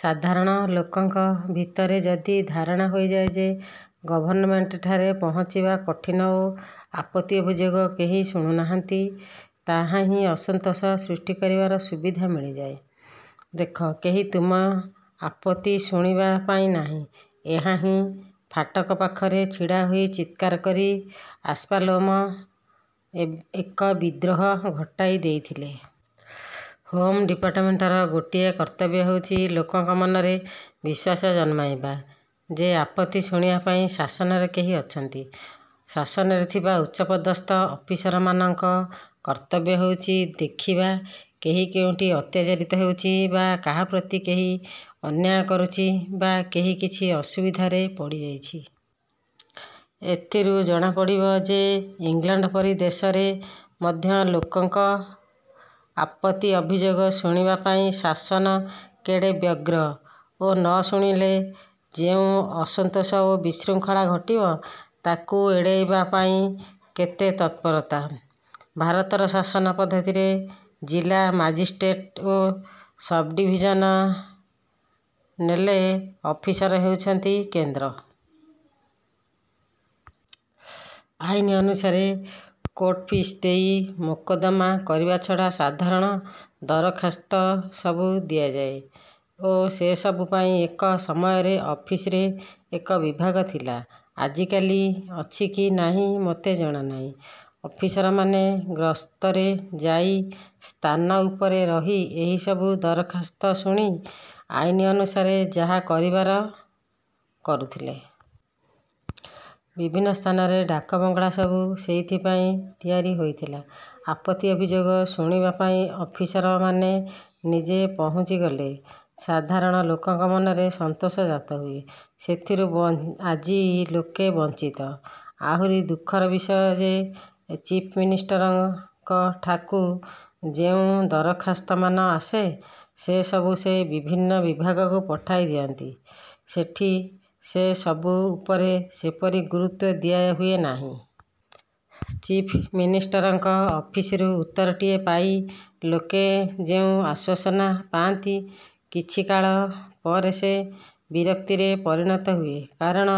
ସାଧାରଣ ଲୋକଙ୍କ ଭିତରେ ଯଦି ଧାରଣା ହୋଇଯାଏ ଯେ ଗଭର୍ଣ୍ଣମେଣ୍ଟଠାରେ ପହଞ୍ଚିବା କଠିନ ଓ ଆପତ୍ତି ଅଭିଯୋଗ କେହି ଶୁଣୁ ନାହାନ୍ତି, ତାହା ହିଁ ଅସନ୍ତୋଷ ସୃଷ୍ଟି କରିବାର ସୁବିଧା ମିଳିଯାଏ। ''ଦେଖ, କେହି ତୁମ ଆପତ୍ତି ଶୁଣିବା ପାଇଁ ନାହିଁ। '' ଏହାହିଁ ଫାଟକ ପାଖରେ ଛିଡ଼ାହୋଇ ଚିତ୍କାର କରି ଆବ୍ସାଲେମ ଏକ ବିଦ୍ରୋହ ଘଟାଇ ଦେଇଥିଲେ। ହୋମ୍ ଡିପାର୍ଟମେଣ୍ଟର ଗୋଟିଏ କର୍ତ୍ତବ୍ୟ ହେଉଛି, ଲୋକଙ୍କ ମନରେ ବିଶ୍ୱାସ ଜନ୍ମାଇବା ଯେ ଆପତ୍ତି ଶୁଣିବା ପାଇଁ ଶାସନରେ କେହି ଅଛନ୍ତି। ଶାସନରେ ଥିବା ଉଚ୍ଚପଦସ୍ଥ ଅଫିସରମାନଙ୍କ କର୍ତ୍ତବ୍ୟ ହେଉଛି ଦେଖିବା କେହି କେଉଁଠି ଅତ୍ୟାଚାରିତ ହେଉଛି ବା କାହା ପ୍ରତି କେହି ଅନ୍ୟାୟ କରୁଛି ବା କେହି କିଛି ଅସୁବିଧାରେ ପଡ଼ିଯାଇଛି। ଏଥିରୁ ଜଣାପଡ଼ିବ ଯେ ଇଂଲଣ୍ଡ ପରି ଦେଶରେ ମଧ୍ୟ ଲୋକଙ୍କ ଆପତ୍ତି ଅଭିଯୋଗ ଶୁଣିବା ପାଇଁ ଶାସନ କେଡ଼େ ବ୍ୟଗ୍ର ଓ ନ ଶୁଣିଲେ ଯେଉଁ ଅସନ୍ତୋଷ ଓ ବିଶୃଙ୍ଖଳା ଘଟିବ; ତାକୁ ଏଡ଼େଇବା ପାଇଁ କେତେ ତତ୍ପରତା। ଭାରତର ଶାସନ ପଦ୍ଧତିରେ ଜିଲ୍ଲା ମାଜିଷ୍ଟ୍ରେଟ ଓ ସବ୍ଡ଼ିଭିଜନେଲ ଅଫିସର ହେଉଛନ୍ତି କେନ୍ଦ୍ର। ଆଇନ ଅନୁସାରେ କୋର୍ଟଫିସ ଦେଇ ମୋକଦ୍ଦମା କରିବା ଛଡ଼ା ସାଧାରଣ ଦରଖାସ୍ତ ସବୁ ଦିଆଯାଏ ଓ ସେ ସବୁ ପାଇଁ ଏକ ସମୟରେ ଅଫିସରରେ ଏକ ବିଭାଗ ଥିଲା। ଆଜିକାଲି ଅଛି କି ନାହିଁ ମୋତେ ଜଣାନାହିଁ। ଅଫିସରମାନେ ଗସ୍ତରେ ଯାଇ ସ୍ଥାନ ଉପରେ ରହି ଏହି ସବୁ ଦରଖାସ୍ତ ଶୁଣି ଆଇନ ଅନୁସାରେ ଯାହା କରିବାର କରୁଥିଲେ। ବିଭିନ୍ନ ସ୍ଥାନରେ ଡାକବଙ୍ଗଳା ସବୁ ସେଇଥିପାଇଁ ତିଆରି ହୋଇଥିଲା। ଆପତ୍ତି ଅଭିଯୋଗ ଶୁଣିବା ପାଇଁ ଅଫିସରମାନେ ନିଜେ ପହୁଞ୍ଚିଗଲେ ସାଧାରଣ ଲୋକଙ୍କ ମନରେ ସନ୍ତୋଷ ଜାତ ହୁଏ। ସେଥିରୁ ଆଜି ଲୋକେ ବଞ୍ଚିତ। ଆହୁରି ଦୁଃଖର ବିଷୟ ଯେ ଚିଫ୍ ମିନିଷ୍ଟରଙ୍କଠାକୁ ଯେଉଁ ଦରଖାସ୍ତମାନ ଆସେ ସେ ସବୁ ସେ ବିଭିନ୍ନ ବିଭାଗକୁ ପଠାଇ ଦିଅନ୍ତି, ସେଠି ସେ ସବୁ ଉପରେ ସେପରି ଗୁରୁତ୍ୱ ଦିଆହୁଏ ନାହିଁ। ଚିଫ୍ ମିନିଷ୍ଟରଙ୍କ ଅଫିସରୁ ଉତ୍ତରଟିଏ ପାଇ ଲୋକେ ଯେଉଁ ଆଶ୍ୱାସନା। ପାଆନ୍ତି, କିଛିକାଳ ପରେ ସେ ବିରକ୍ତିରେ ପରିଣତ ହୁଏ; କାରଣ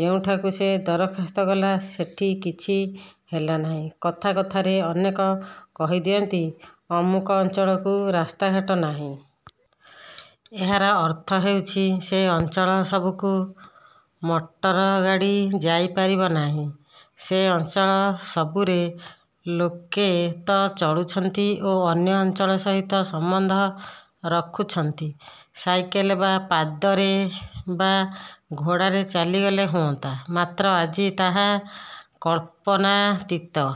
ଯେଉଁଠାକୁ ସେ ଦରଖାସ୍ତ ଗଲା ସେଠି କିଛି ହେଲା ନାହିଁ। କଥା କଥାକେ ଅନେକ କହି ଦିଅନ୍ତି ଅମୁକ ଅଞ୍ଚଳକୁ ରାସ୍ତାଘାଟ ନାହିଁ। ଏହାର ଅର୍ଥ ହେଉଛି ସେ ଅଞ୍ଚଳ ସବୁକୁ ମଟର ଗାଡ଼ି ଯାଇପାରିବ ନାହିଁ। ସେ ଅଞ୍ଚଳ ସବୁରେ ଲୋକେ ତ ଚଳୁଛନ୍ତି ଓ ଅନ୍ୟ ଅଞ୍ଚଳ ସହିତ ସମ୍ବନ୍ଧ ରଖୁଛନ୍ତି। ସାଇକେଲ ବା ପାଦରେ ବା ଘୋଡ଼ାରେ ଚାଲିଗଲେ ହୁଅନ୍ତା; ମାତ୍ର ଆଜି ତାହା କଳ୍ପନାତୀତ।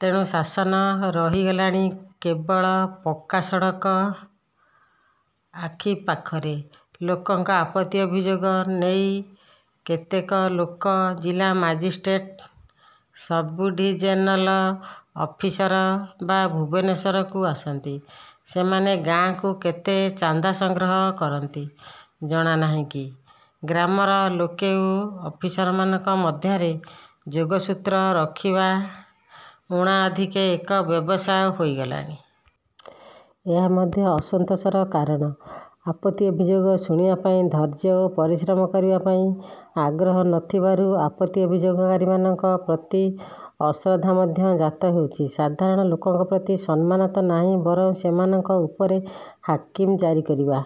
ତେଣୁ ଶାସନ ରହିଗଲାଣି କେବଳ ପକ୍କା ସଡ଼କ ଆଖି ପାଖରେ। ଲୋକଙ୍କ ଆପତ୍ତି ଅଭିଯୋଗ ନେଇ କେତେକ ଲୋକ ଜିଲା ମାଜିଷ୍ଟ୍ରେଟ, ସବଡ଼ିଭିଜନେଲ ଅଫିସର ବା ଭୁବନେଶ୍ୱରକୁ ଆସନ୍ତି, ସେମାନେ ଗାଁରୁ କେତେ ଚାନ୍ଦା ସଂଗ୍ରହ କରନ୍ତି, ଜଣା ଅଛି କି? ଗ୍ରାମର ଲୋକ ଓ ଅଫିସରମାନଙ୍କ ମଧ୍ୟରେ ଯୋଗସୂତ୍ର ରଖିବା ଊଣା ଅଧିକେ ଏକ ବ୍ୟବସାୟ ହୋଇଗଲାଣି। ଏ ମଧ୍ୟ ଅସନ୍ତୋଷର କାରଣ। ଆପତ୍ତି ଅଭିଯୋଗ ଶୁଣିବା ପାଇଁ ଧୈର୍ଯ୍ୟ ଓ ପରିଶ୍ରମ କରିବା ପାଇଁ ଆଗ୍ରହ ନ ଥିବାରୁ ଆପତ୍ତି ଅଭିଯୋଗକାରୀମାନଙ୍କ ପ୍ରତି ଅଶ୍ରଦ୍ଧା ମଧ୍ୟ ଜାତ ହେଉଛି। ସାଧାରଣ ଲୋକଙ୍କ ପ୍ରତି ସମ୍ମାନ ତ ନାହିଁ ବରଂ ସେମାନଙ୍କ ଉପରେ ହାକିମ ଜାରିକରିବା